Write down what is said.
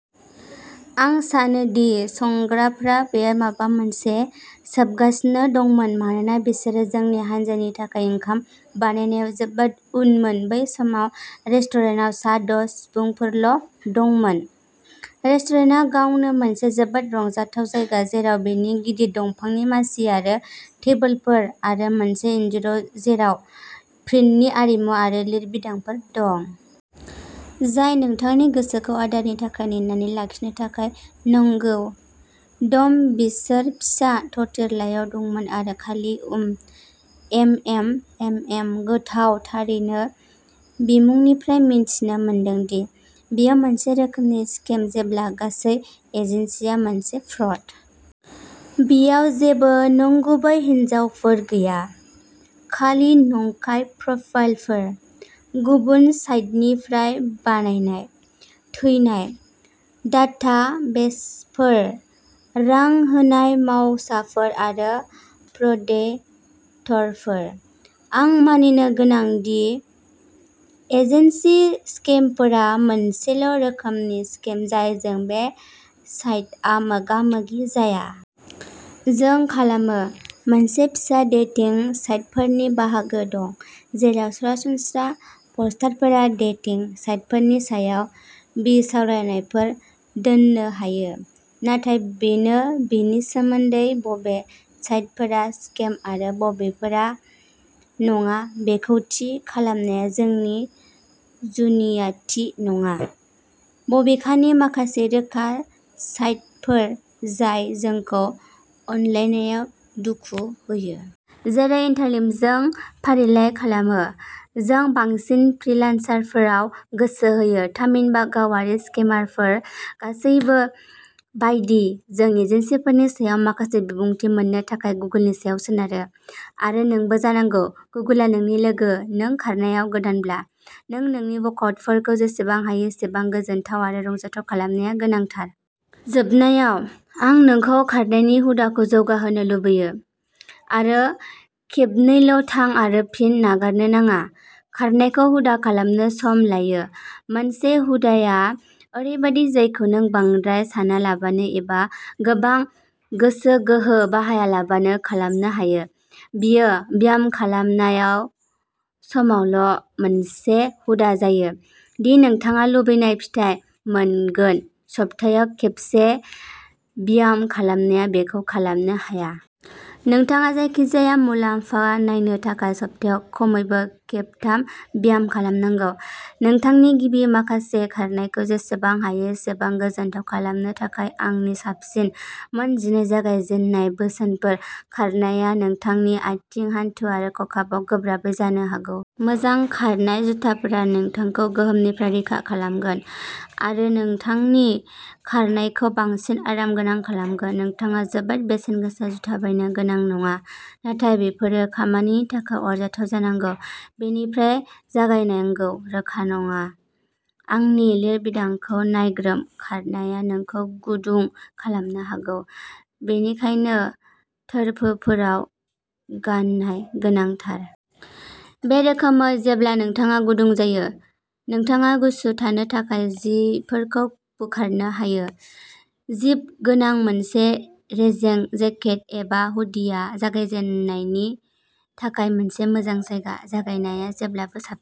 आं सानो दि संग्राफ्रा बैयाव माबा मोनसे सोबगासिनो दंमोन मानोना बिसोर जोंनि हान्जानि थाखाय ओंखाम बानायनायाव जोबोद उनमोन बै समाव रेस्टुरेन्टाव सा द' सुबुंफोरल'दंमोन। रेस्टुरेन्टआ गावनो मोनसे जोबोद रंजाथाव जायगा जेराव बेनि गिदिर दंफांनि मासि आरो टेबोलफोर आरो मोनसे इनजुर जेराव पेट्रननि आरिमु आरो लिरबिदांफोर दं। जाय नोंथांनि गोसोखौ आदारनि थाखाय नेनानै लाखिनो थाखाय नंगौ, डम बिसोर फिसा टर्टिलायाव दंमोन आरो खालि उम एमएम एमएम गोथाव थारैनो बिमुंनिफ्राय मिथिनो मोनोदि, बेयो मोनसे रोखोमनि स्केम जेब्ला गासै एजेन्सिआ मोनसे फ्रड। बैयाव जेबो नंगुबै हिनजावफोर गैया, खालि नंखाय प्रफाइलफोर, गुबुन साइटफोरनिफ्राय बायनाय "थैनाय" डाटाबेसफोर, रां होनाय मावसाफोर आरो प्र' डेटारफोर। आं मानिनो गोनां दि एजेन्सि स्केमफोरा मोनसेल'रोखोमनि स्केम जायजों बे साइटआ मोगा मोगि जाया। जों खालामो, मोनसे फिसा डेटिं साइटफोरनि बाहागो दं, जेराव सरासनस्रा पस्टारफोरा डेटिं साइटफोरनि सायाव बिसावरायनायफोर दोननो हायो, नाथाय बेनो बेनि सोमोन्दै बबे साइटफोरा स्केम आरो बबेफोरा नङा बेखौ थि खालामनाया जोंनि जुनियाथि नङा, बबेखानि माखासे रोखा साइटफोर जाय जोंखौ अनलाइनआव दुखु होयो। जेरै इन्टारलिंगभ जों फारिलाइ खालामो। जों बांसिन "फ्रीलान्सारफोर" आव गोसो होयो, थामहिनबा गावारि स्केमारफोर गासैबो बायदि जों एजेन्सिफोरनि सायाव माखासे बिबुंथि मोननो थाखाय गुगोलनि सायाव सोनारो, आरो नोंबो जानांगौ। गुगोलआ नोंनि लोगो नों खारनायाव गोदानब्ला, नों नोंनि वर्कआउटफोरखौ जेसेबां हायो एसेबां गोजोनथाव आरो रंजाथाव खालामनाया गोनांथार। जोबनायाव, आं नोंखौ खारनायनि हुदाखौ जौगाहोनो लुगैयो, आरो खेबनैल'थां आरो फिन नागारनो नाङा। खारनायखौ हुदा खालामनो सम लायो। मोनसे हुदाआ ओरैबायदि जायखौ नों बांद्राय सानालाबानो एबा गोबां गोसो गोहो बाहायालाबानो खालामनो हायो। बेयो ब्यामखालामनाय समावल' मोनसे हुदा जायो दि नोंथाङा लुबैनाय फिथाइ मोनगोन सप्तायाव खेबसे ब्याम खालामनाया बेखौ खालामनो हाया। नोंथाङा जायखिजाया मुलाम्फा नायनो थाखाय सप्तायाव खमैबो खेबथाम ब्याम खालामनांगौ। नोंथांनि गिबि माखासे खारनायखौ जेसेबां हायो एसेबां गोजोनथाव खालामनो थाखाय आंनि साबसिन मोन जिनै जागायजेननाय बोसोनफोर खारनाया नोंथांनि आथिं, हान्थु आरो खप्पायाव गोब्राब जानो हागौ। मोजां खारनाय जुथाफोरा नोंथांखौ गोहोमनिफ्राय रैखा खालामगोन आरो नोंथांनि खारनायखौ बांसिन आरामगोनां खालामगोन। नोंथाङा जोबोद बेसेन गोसा जुथा बायनो गोनां नङा, नाथाय बेफोरो खामानिनि थाखाय आरजाथाव जानांगौ। बबेनिफ्राय जागायनांगौ रोखा नङा। आंनि लिरबिदांखौ नायग्रोम, खारनाया नोंखौ गुदुं खालामनो हागौ बेनिखायनो थोरफोफोराव गाननाय गोनांथार। बे रोखोमै जेब्ला नोंथाङा गुदुं जायो, नोंथाङा गुसु थानो थाखाय जिफोरखौ बोखारनो हायो। जिप गोनां मोनसे रेजें जेकेट एबा हुडिया जागायजेन्नायनि थाखाय मोनसे मोजां जायगा। जागायनाया जेब्लाबो साबसिन।